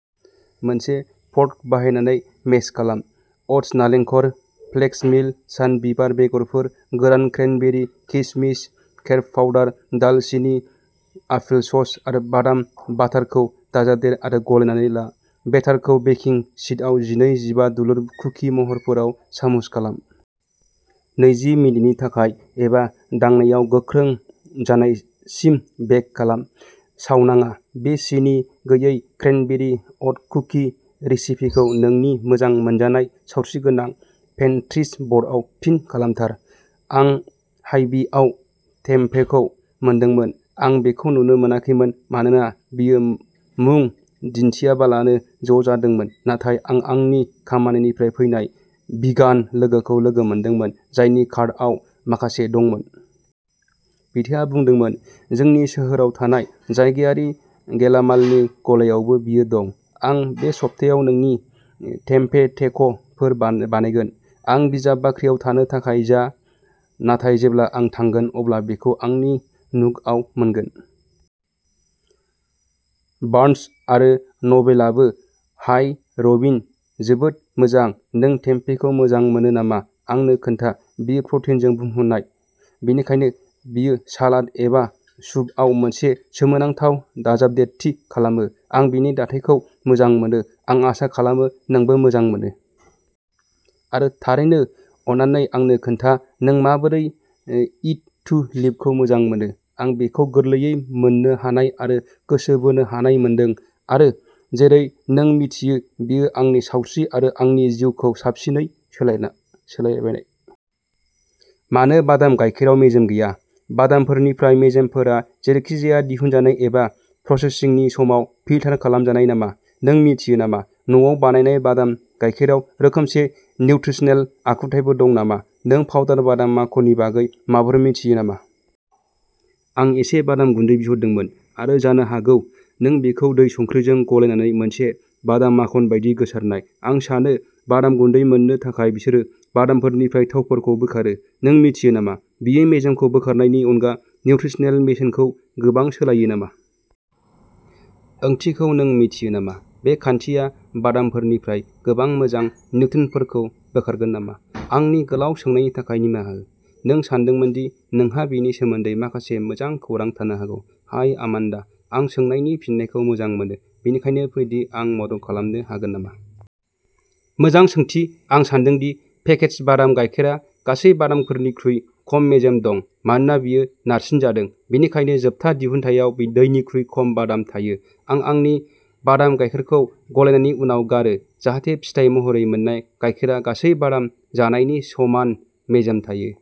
मोनसे फर्क बाहायनानै मेस खालाम। अट्स, नालेंखर, फ्लेक्स मिल, सानबिबार बेगरफोर, गोरान क्रेनबेरि, किसमिस, केरब पाउडार, दालसिनि, आपेलसस आरो बादाम बाटारखौ दाजाबदेर आरो गलायनानै ला। बेटारखौ बेकिं शीटआव जिनै जिबा दुलुर कुकि महरफोराव सामुस खालाम। नैजि मिनिटनि थाखाय एबा दांनायाव गोख्रों जानायसिम बेक खालाम। सावनाङा। बे सिनि गैयै क्रेनबेरि अट कुकि रेसिपिखौ नोंनि मोजां मोनजानाय सावस्रिगोनां पिनट्रेस्ट बर्डआव पिन खालामथार। आं हाइभिआव टेम्पेखौ मोनदोंमोन, आं बेखौ नुनो मोनाखैमोन मानोना बेयो मुं दिन्थियालाबानो ज' जादोंमोन, नाथाय आं आंनि खामानिनिफ्राय फैनाय भिगान लोगोखौ लोगो मोनदोंमोन, जायनि कार्टआव माखासे दंमोन। बिथाङा बुंदोंमोन जोंनि सोहोराव थानाय जायगायारि गेलामालनि गलायावबो बेयो दं, आं बे सप्तायाव नोंनि टेम्पे टेक' फोर बानायगोन। आं बिजाब बाख्रियाव थानो थाखाय जा, नाथाय जेब्ला आं थांगोन अब्ला बेखौ आंनि नुकआव मोनगोन। बार्न्स आरो नबेलाबो। हाय रबिन! जोबोद मोजां, नों टेम्पेखौ मोजां मोनो नामा आंनो खोन्था। बेयो प्रटिनजों बुंफबनाय, बेनिखायनो बेयो सालाद एबा सुपआव मोनसे सोमोनांथाव दाजाबदेरथि खालामो। आं बेनि दाथायखौ मोजां मोनो, आं आसा खालामो नोंबो मोजां मोनो। आरो थारैनो, अन्नानै आंनो खोन्था नों माबोरै इट टु लिभखौ मोजां मोनो। आं बेखौ गोरलैयै मोननो हानाय आरो गोसो बोनो हानाय मोनदों आरो, जेरै नों मिथियो, बेयो आंनि सावस्रि आरो आंनि जिउखौ साबसिनै सोलायबाय। मानो बादाम गायखेराव मेजेम गैया? बादामफोरनिफ्राय मेजेमफोरा जेरैखिजाया दिहुनजानाय एबा प्रसेसिंनि समाव फिल्टार खालामजानाय नामा? नों मिन्थियो नामा न'आव बानायनाय बादाम गायखेराव रोखोमसे निउत्रिसनेल आखुथायफोर दं नामा? नों पाउडार बादाम माखननि बागै माबाफोर मिथियो नामा? आं इसे बादाम गुन्दै बिहरदोंमोन, आरो जानो हागौ नों बेखौ दै संख्रिजों गलायनानै मोनसे बादाम माखन बायदि गोसारनाय। आं सानो बादाम गुन्दै मोननो थाखाय बिसोर बादामफोरनिफ्राय थावफोरखौ बोखारो। नों मिन्थियो नामा, बेयो मेजेमखौ बोखारनायनि अनगा निउत्रिसनेल बेसेनखौ गोबां सोलायो नामा? ओंथिखौ नों मिन्थियो नामा, बे खान्थिया बादामफोरनिफ्राय गोबां मोजां निउट्रियन्टफोरखौ बोखारगोन नामा? आंनि गोलाव सोंनायनि थाखाय निमाहा हो, नों सानदोंमोन दि नोंहा बेनि सोमोन्दै माखासे मोजां खौरां थानो हागौ। हाय आमान्डा! आं सोंनायनि फिननायखौ मोजां मोनो, बेनिखायनो फै दि आं मदद खालामनो हागोन नामा। मोजां सोंथि! आं सान्दों दि पेकेज्ड बादाम गायखेरा गासै बादामफोरनिख्रुइ खम मेजेम दं मानोना बेयो नारसिनजादों। बेनिखायनो, जोबथा दिहुनथायाव दैनिख्रुइ खम बादाम थायो। आं आंनि बादाम गायखेरखौ गलायनायनि उनाव गारो, जाहाथे फिथाय महरै मोननाय गायखेरा गासै बादाम जानायनि समान मेजेम थायो।